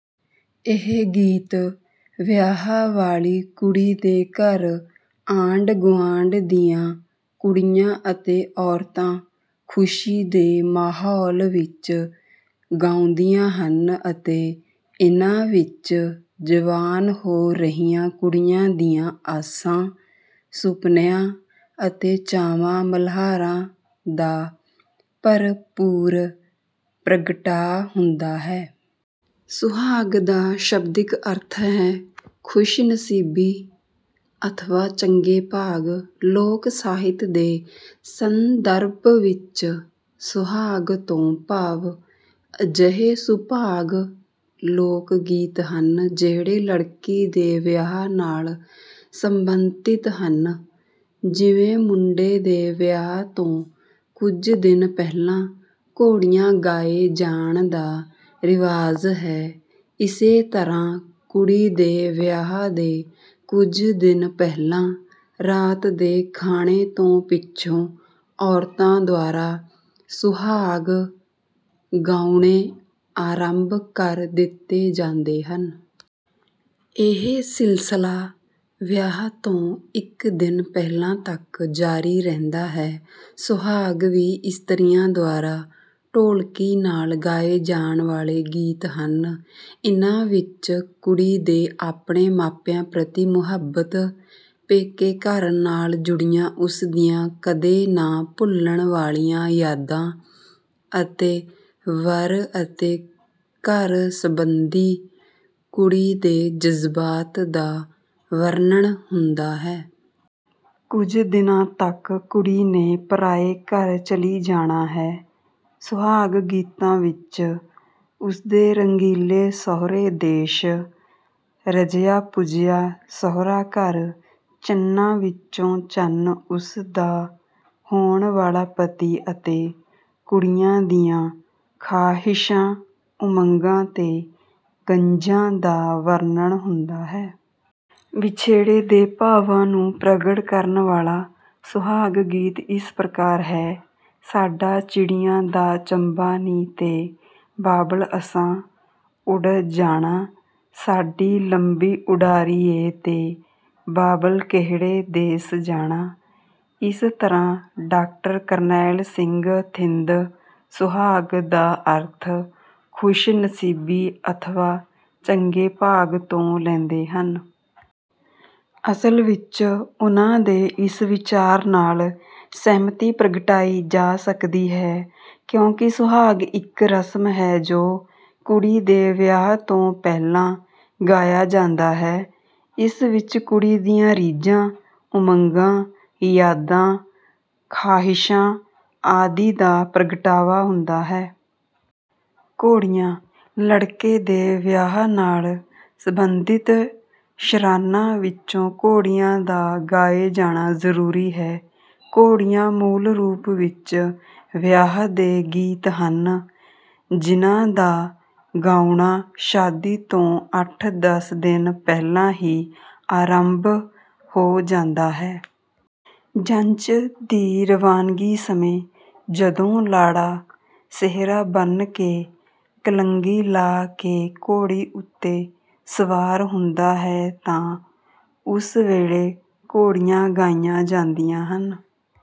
ਇਹ ਗੀਤ ਵਿਆਹ ਵਾਲੀ ਕੁੜੀ ਦੇ ਘਰ ਆਂਢ ਗੁਆਂਢ ਦੀਆਂ ਕੁੜੀਆਂ ਅਤੇ ਔਰਤਾਂ ਖੁਸ਼ੀ ਦੇ ਮਾਹੌਲ ਵਿੱਚ ਗਾਉਂਦੀਆਂ ਹਨ ਅਤੇ ਇਨ੍ਹਾਂ ਵਿੱਚ ਜਵਾਨ ਹੋ ਰਹੀਆਂ ਕੁੜੀਆਂ ਦੀਆਂ ਆਸਾਂ, ਸੁਪਨਿਆਂ ਅਤੇ ਚਾਵਾਂ ਮਲ੍ਹਾਰਾਂ ਦਾ ਭਰਪੂਰ ਪ੍ਰਗਟਾ ਹੁੰਦਾ ਹੈ। ਸੁਹਾਗ ਦਾ ਸ਼ਬਦਿਕ ਅਰਥ ਹੈ ਖੁਸ਼ਨਸੀਬੀ ਅਥਵਾ ਚੰਗੇ ਭਾਗ। ਲੋਕ ਸਾਹਿਤ ਦੇ ਸੰਦਰਭ ਵਿੱਚ ਸੁਹਾਗ ਤੋਂ ਭਾਵ ਅਜਿਹੇ ਸੁਭਾਗ ਲੋਕ ਗੀਤ ਹਨ, ਜਿਹੜੇ ਲੜਕੀ ਦੇ ਵਿਆਹ ਨਾਲ ਸੰਬੰਧਿਤ ਹਨ। ਜਿਵੇਂ ਮੁੰਡੇ ਦੇ ਵਿਆਹ ਤੋਂ ਕੁਝ ਦਿਨ ਪਹਿਲਾਂ ਘੋੜੀਆਂ ਗਾਏ ਜਾਣ ਦਾ ਰਿਵਾਜ਼ ਹੈ, ਇਸੇ ਤਰ੍ਹਾਂ ਕੁੜੀ ਦੇ ਵਿਆਹ ਦੇ ਕੁਝ ਦਿਨ ਪਹਿਲਾਂ ਰਾਤ ਦੇ ਖਾਣੇ ਤੋਂ ਪਿੱਛੋਂ ਔਰਤਾਂ ਦੁਆਰਾ ਸੁਹਾਗ ਗਾਉਣੇ ਆਰੰਭ ਕਰ ਦਿੱਤੇ ਜਾਂਦੇ ਹਨ। ਇਹ ਸਿਲਸਲਾ ਵਿਆਹ ਤੋਂ ਇੱਕ ਦਿਨ ਪਹਿਲਾਂ ਤੱਕ ਜਾਰੀ ਰਹਿੰਦਾ ਹੈ। ਸੁਹਾਗ ਵੀ ਇਸਤਰੀਆਂ ਦੁਆਰਾ ਢੋਲਕੀ ਨਾਲ ਗਾਏ ਜਾਣ ਵਾਲੇ ਗੀਤ ਹਨ। ਇਨ੍ਹਾਂ ਵਿੱਚ ਕੁੜੀ ਦੀ ਆਪਣੇ ਮਾਪਿਆਂ ਪ੍ਰਤੀ ਮੁਹੱਬਤ, ਪੇਕੇ ਘਰ ਨਾਲ ਜੁੜੀਆਂ ਉਸ ਦੀਆਂ ਕਦੇ ਨਾ ਭੁੱਲਣ ਵਾਲੀਆਂ ਯਾਦਾਂ ਅਤੇ ਵਰ ਅਤੇ ਘਰ ਸਬੰਧੀ ਕੁੜੀ ਦੇ ਜਜ਼ਬਾਤ ਦਾ ਵਰਣਨ ਹੁੰਦਾ ਹੈ। ਕੁਝ ਦਿਨਾਂ ਤੱਕ ਕੁੜੀ ਨੇ ਪਰਾਏ ਘਰ ਚਲੀ ਜਾਣਾ ਹੈ। ਸੁਹਾਗ ਗੀਤਾਂ ਵਿੱਚ ਉਸਦੇ ਰੰਗੀਲੇ ਸਹੁਰੇ ਦੇਸ਼, ਰਜਿਆ ਪੁਜਿਆ ਸਹੁਰਾ ਘਰ, ਚੰਨਾਂ ਵਿੱਚੋਂ ਚੰਨ ਉਸ ਦਾ ਹੋਣ ਵਾਲਾ ਪਤੀ ਅਤੇ ਕੁੜੀਆਂ ਦੀਆਂ ਖਾਹਿਸ਼ਾਂ, ਉਮੰਗਾਂ ਤੇ ਗੰਝਾਂ ਦਾ ਵਰਣਨ ਹੁੰਦਾ ਹੈ। ਵਿਛੇੜੇ ਦੇ ਭਾਵਾਂ ਨੂੰ ਪ੍ਰਗਟ ਕਰਨ ਵਾਲਾ ਸੁਹਾਗ ਗੀਤ ਇਸ ਪ੍ਰਕਾਰ ਹੈ: ਸਾਡਾ ਚਿੜੀਆਂ ਦਾ ਚੰਬਾ ਨੀ ਤੇ ਬਾਬਲ ਅਸਾਂ ਉਡ ਜਾਣਾ। ਸਾਡੀ ਲੰਬੀ ਉਡਾਰੀ ਏ ਤੇ ਬਾਬਲ ਕਿਹੜੇ ਦੇਸ ਜਾਣਾ। ਇਸ ਤਰ੍ਹਾਂ ਡਾਕਟਰ ਕਰਨੈਲ ਸਿੰਘ ਥਿੰਦ ਸੁਹਾਗ ਦਾ ਅਰਥ ਖੁਸ਼ਨਸੀਬੀ ਅਥਵਾ ਚੰਗੇ ਭਾਗ ਤੋਂ ਲੈਂਦੇ ਹਨ। ਅਸਲ ਵਿੱਚ ਉਨ੍ਹਾਂ ਦੇ ਇਸ ਵਿਚਾਰ ਨਾਲ ਸਹਿਮਤੀ ਪ੍ਰਗਟਾਈ ਜਾ ਸਕਦੀ ਹੈ ਕਿਉਂਕਿ ਸੁਹਾਗ ਇੱਕ ਰਸਮ ਹੈ ਜੋ ਕੁੜੀ ਦੇ ਵਿਆਹ ਤੋਂ ਪਹਿਲਾਂ ਗਾਇਆ ਜਾਂਦਾ ਹੈ। ਇਸ ਵਿੱਚ ਕੁੜੀ ਦੀਆਂ ਰੀਝਾਂ, ਉਮੰਗਾਂ, ਯਾਦਾਂ, ਖਾਹਿਸ਼ਾਂ ਆਦਿ ਦਾ ਪ੍ਰਗਟਾਵਾ ਹੁੰਦਾ ਹੈ। ਘੋੜੀਆਂ: ਲੜਕੇ ਦੇ ਵਿਆਹ ਨਾਲ ਸਬੰਧਿਤ ਸ਼ਰਾਨਾਂ ਵਿੱਚੋਂ ਘੋੜੀਆਂ ਦਾ ਗਾਏ ਜਾਣਾ ਜ਼ਰੂਰੀ ਹੈ। ਘੋੜੀਆਂ ਮੂਲ ਰੂਪ ਵਿੱਚ ਵਿਆਹ ਦੇ ਗੀਤ ਹਨ ਜਿਨ੍ਹਾਂ ਦਾ ਗਾਉਣਾ ਸ਼ਾਦੀ ਤੋਂ ਅੱਠ ਦਸ ਦਿਨ ਪਹਿਲਾਂ ਹੀ ਆਰੰਭ ਹੋ ਜਾਂਦਾ ਹੈ। ਜੰਝ ਦੀ ਰਵਾਨਗੀ ਸਮੇਂ ਜਦੋਂ ਲਾੜਾ ਸਿਹਰਾ ਬੰਨ ਕੇ, ਕਲੰਗੀ ਲਾ ਕੇ ਘੋੜੀ ਉੱਤੇ ਸਵਾਰ ਹੁੰਦਾ ਹੈ ਤਾਂ ਉਸ ਵੇਲੇ ਘੋੜੀਆਂ ਗਾਈਆਂ ਜਾਂਦੀਆਂ ਹਨ।